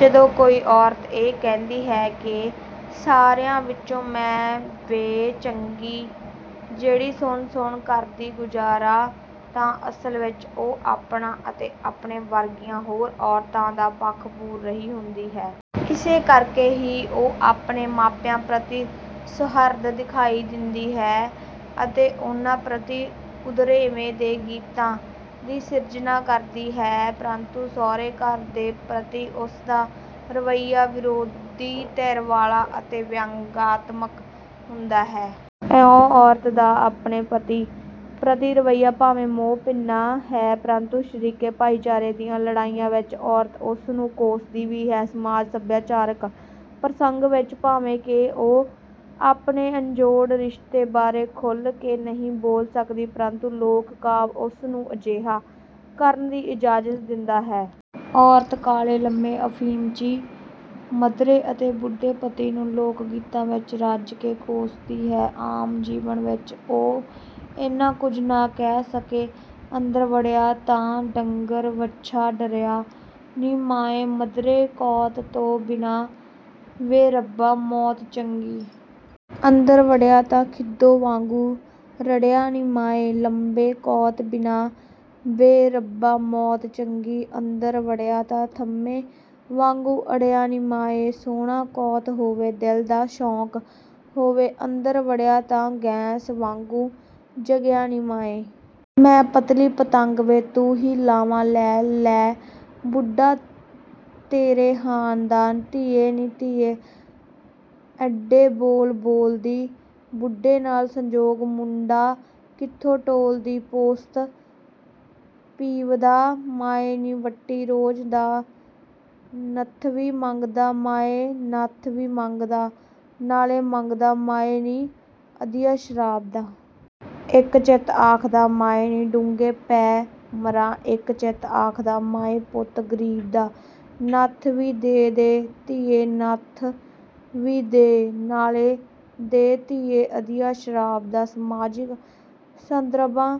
ਜਦੋਂ ਕੋਈ ਔਰਤ ਇਹ ਕਹਿੰਦੀ ਹੈ ਕਿ ਸਾਰਿਆਂ ਵਿੱਚੋਂ ਮੈਂ ਵੇ ਚੰਗੀ ਜਿਹੜੀ ਸੁਣ ਸੁਣ ਕਰਦੀ ਗੁਜਾਰਾ ਤਾਂ ਅਸਲ ਵਿੱਚ ਉਹ ਆਪਣਾ ਅਤੇ ਆਪਣੇ ਵਰਗੀਆਂ ਹੋਰ ਔਰਤਾਂ ਦਾ ਪੱਖ ਪੂਰ ਰਹੀ ਹੁੰਦੀ ਹੈ। ਇਸੇ ਕਰਕੇ ਹੀ ਉਹ ਆਪਣੇ ਮਾਪਿਆਂ ਪ੍ਰਤਿ ਸੁਹਿਰਦ ਦਿਖਾਈ ਦਿੰਦੀ ਹੈ ਅਤੇ ਉਨ੍ਹਾਂ ਪ੍ਰਤਿ ਉਦਰੇਵੇਂ ਦੇ ਗੀਤਾਂ ਦੀ ਸਿਰਜਣਾ ਕਰਦੀ ਹੈ ਪਰੰਤੂ ਸਹੁਰੇ ਘਰ ਦੇ ਪ੍ਰਤੀ ਉਸ ਦਾ ਰਵੱਈਆ ਵਿਰੋਧੀ ਧਿਰ ਵਾਲਾ ਅਤੇ ਵਿਅੰਗਆਤਮਕ ਹੁੰਦਾ ਹੈ। ਇਉਂ ਔਰਤ ਦਾ ਆਪਣੇ ਪਤੀ ਪ੍ਰਤੀ ਰਵੱਈਆ ਭਾਵੇਂ ਮੋਹ-ਭਿੰਨਾ ਹੈ ਪ੍ਰੰਤੂ ਸ਼ਰੀਕੇ ਭਾਈਚਾਰੇ ਦੀਆਂ ਲੜਾਈਆਂ ਵਿੱਚ ਔਰਤ ਉਸ ਨੂੰ ਕੋਸਦੀ ਵੀ ਹੈ। ਸਮਾਜ ਸਭਿਆਚਾਰਕ ਪ੍ਰਸੰਗ ਵਿੱਚ ਭਾਵੇਂ ਕਿ ਉਹ ਆਪਣੇ ਅਨਜੋੜ ਰਿਸ਼ਤੇ ਬਾਰੇ ਖੁੱਲ੍ਹ ਕੇ ਨਹੀਂ ਬੋਲ ਸਕਦੀ ਪ੍ਰੰਤੂ ਲੋਕ ਕਾਵਿ ਉਸ ਨੂੰ ਅਜਿਹਾ ਕਰਨ ਦੀ ਇਜਾਜ਼ਤ ਦਿੰਦਾ ਹੈ। ਔਰਤ ਕਾਲ਼ੇ, ਲੰਮੇ, ਅਫ਼ੀਮਚੀ, ਮਧਰੇ ਅਤੇ ਬੁੱਢੇ ਪਤੀ ਨੂੰ ਲੋਕ ਗੀਤਾਂ ਵਿੱਚ ਰੱਜ ਕੇ ਕੋਸਦੀ ਹੈ। ਆਮ ਜੀਵਨ ਵਿੱਚ ਉਹ ਇੰਨਾਂ ਕੁਝ ਨਾ ਕਹਿ ਸਕੇ। ਅੰਦਰ ਵੜਿਆ ਤਾਂ ਡੰਗਰ ਵੱਛਾ ਡਰਿਆ ਨੀ ਮਾਏ ਮਧਰੇ ਕੌਤ ਤੋਂ ਬਿਨਾ ਵੇ ਰੱਬਾ ਮੌਤ ਚੰਗੀ। ਅੰਦਰ ਵੜਿਆ ਤਾਂ ਖਿੱਦੋ ਵਾਗੂੰ ਰਿੜ੍ਹਿਆ ਨੀ ਮਾਏ ਲੰਬੇ ਕੌਂਤ ਬਿਨਾਂ ਵੇ ਰੱਬਾ ਮੌਤ ਚੰਗੀ। ਅੰਦਰ ਵੜਿਆ ਤਾਂ ਥੰਮੇ ਵਾਗੂੰ ਅੜਿਆ ਨੀ ਮਾਏ। ਸੋਹਣਾ ਕੌਤ ਹੋਵੇ ਦਿਲ ਦਾ ਸੌਕ ਹੋਵੇ। ਅੰਦਰ ਵੜਿਆ ਤਾ ਗੈਸ ਵਾਗੂੰ ਜਗਿਆ ਨੀ ਮਾਏ। ਮੈਂ ਪਤਲੀ ਪਤੰਗ ਵੇ। ਤੂੰ ਹੀ ਲਾਵਾਂ ਲੈ ਲੈ ਬੁੱਢਾ ਤੇਰੇ ਹਾਣ ਦਾ। ਧੀਏ ਨੀ ਧੀਏ ਐੱਡੇ ਬੋਲ ਬੋਲਦੀ ਬੁੱਢੇ ਨਾਲ਼ ਸੰਜੋਗ ਮੂੰਡਾ ਕਿੱਥੋਂ ਟੋਲਦੀ। ਪੋਸਤ ਪੀਵਦਾ ਮਾਏ ਨੀ ਵੱਟੀ ਰੋਜ ਦਾ। ਨੱਥਵੀ ਮੰਗਦਾ ਮਾਏ ਨੱਥ ਵੀ ਮੰਗਦਾ, ਨਾਲੇ ਮੰਗਦਾ ਮਾਏ ਨੀ ਅਧੀਆ ਸ਼ਰਾਬ ਦਾ। ਇੱਕ ਚਿਤ ਆਖਦਾ ਮਾਏ ਨੀ ਡੂੰਘੇ ਪੈ ਮਰਾਂ। ਇੱਕ ਚਿਤ ਆਖਦਾ ਮਾਏ ਪੁੱਤ ਗਰੀਬ ਦਾ। ਨੱਥ ਵੀ ਦੇ ਦੇ ਧੀਏ, ਨੱਥ ਵੀ ਦੇ ਨਾਲੇ ਦੇ ਧੀਏ ਅਧੀਆ ਸ਼ਰਾਬ ਦਾ। ਸਮਾਜਿਕ ਸੰਦਰਭਾਂ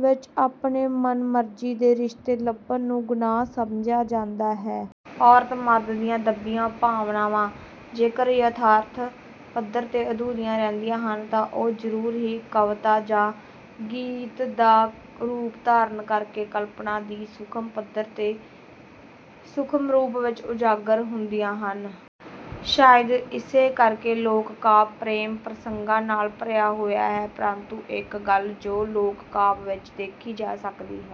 ਵਿੱਚ ਆਪਣੇ ਮਨਮਰਜ਼ੀ ਦੇ ਰਿਸ਼ਤੇ ਲੱਭਣ ਨੂੰ ਗੁਨਾਹ ਸਮਝਿਆ ਜਾਂਦਾ ਹੈ। ਔਰਤ ਮਰਦ ਦੀਆਂ ਦੱਬੀਆਂ ਭਾਵਨਾਵਾਂ ਜੇਕਰ ਯਥਾਰਥ ਪੱਧਰ ਤੇ ਅਧੂਰੀਆਂ ਰਹਿੰਦੀਆਂ ਹਨ ਤਾਂ ਜ਼ਰੂਰ ਹੀ ਉਹ ਕਵਿਤਾ ਜਾਂ ਗੀਤ ਦਾ ਰੂਪ ਧਾਰਨ ਕਰਕੇ ਕਲਪਨਾ ਦੀ ਸੂਖਮ ਪੱਧਰ ਤੇ ਸੂਖਮ ਰੂਪ ਵਿੱਚ ਉਜਾਗਰ ਹੁੰਦੀਆਂ ਹਨ। ਸ਼ਾਇਦ ਇਸੇ ਕਰਕੇ ਲੋਕ-ਕਾਵਿ ਪ੍ਰੇਮ ਪ੍ਰਸੰਗਾਂ ਨਾਲ ਭਰਿਆ ਹੋਇਆ ਹੈ ਪਰੰਤੂ ਇੱਕ ਗੱਲ ਜੋ ਲੋਕ ਕਾਵਿ ਵਿੱਚ ਦੇਖੀ ਜਾ ਸਕਦੀ ਹੈ।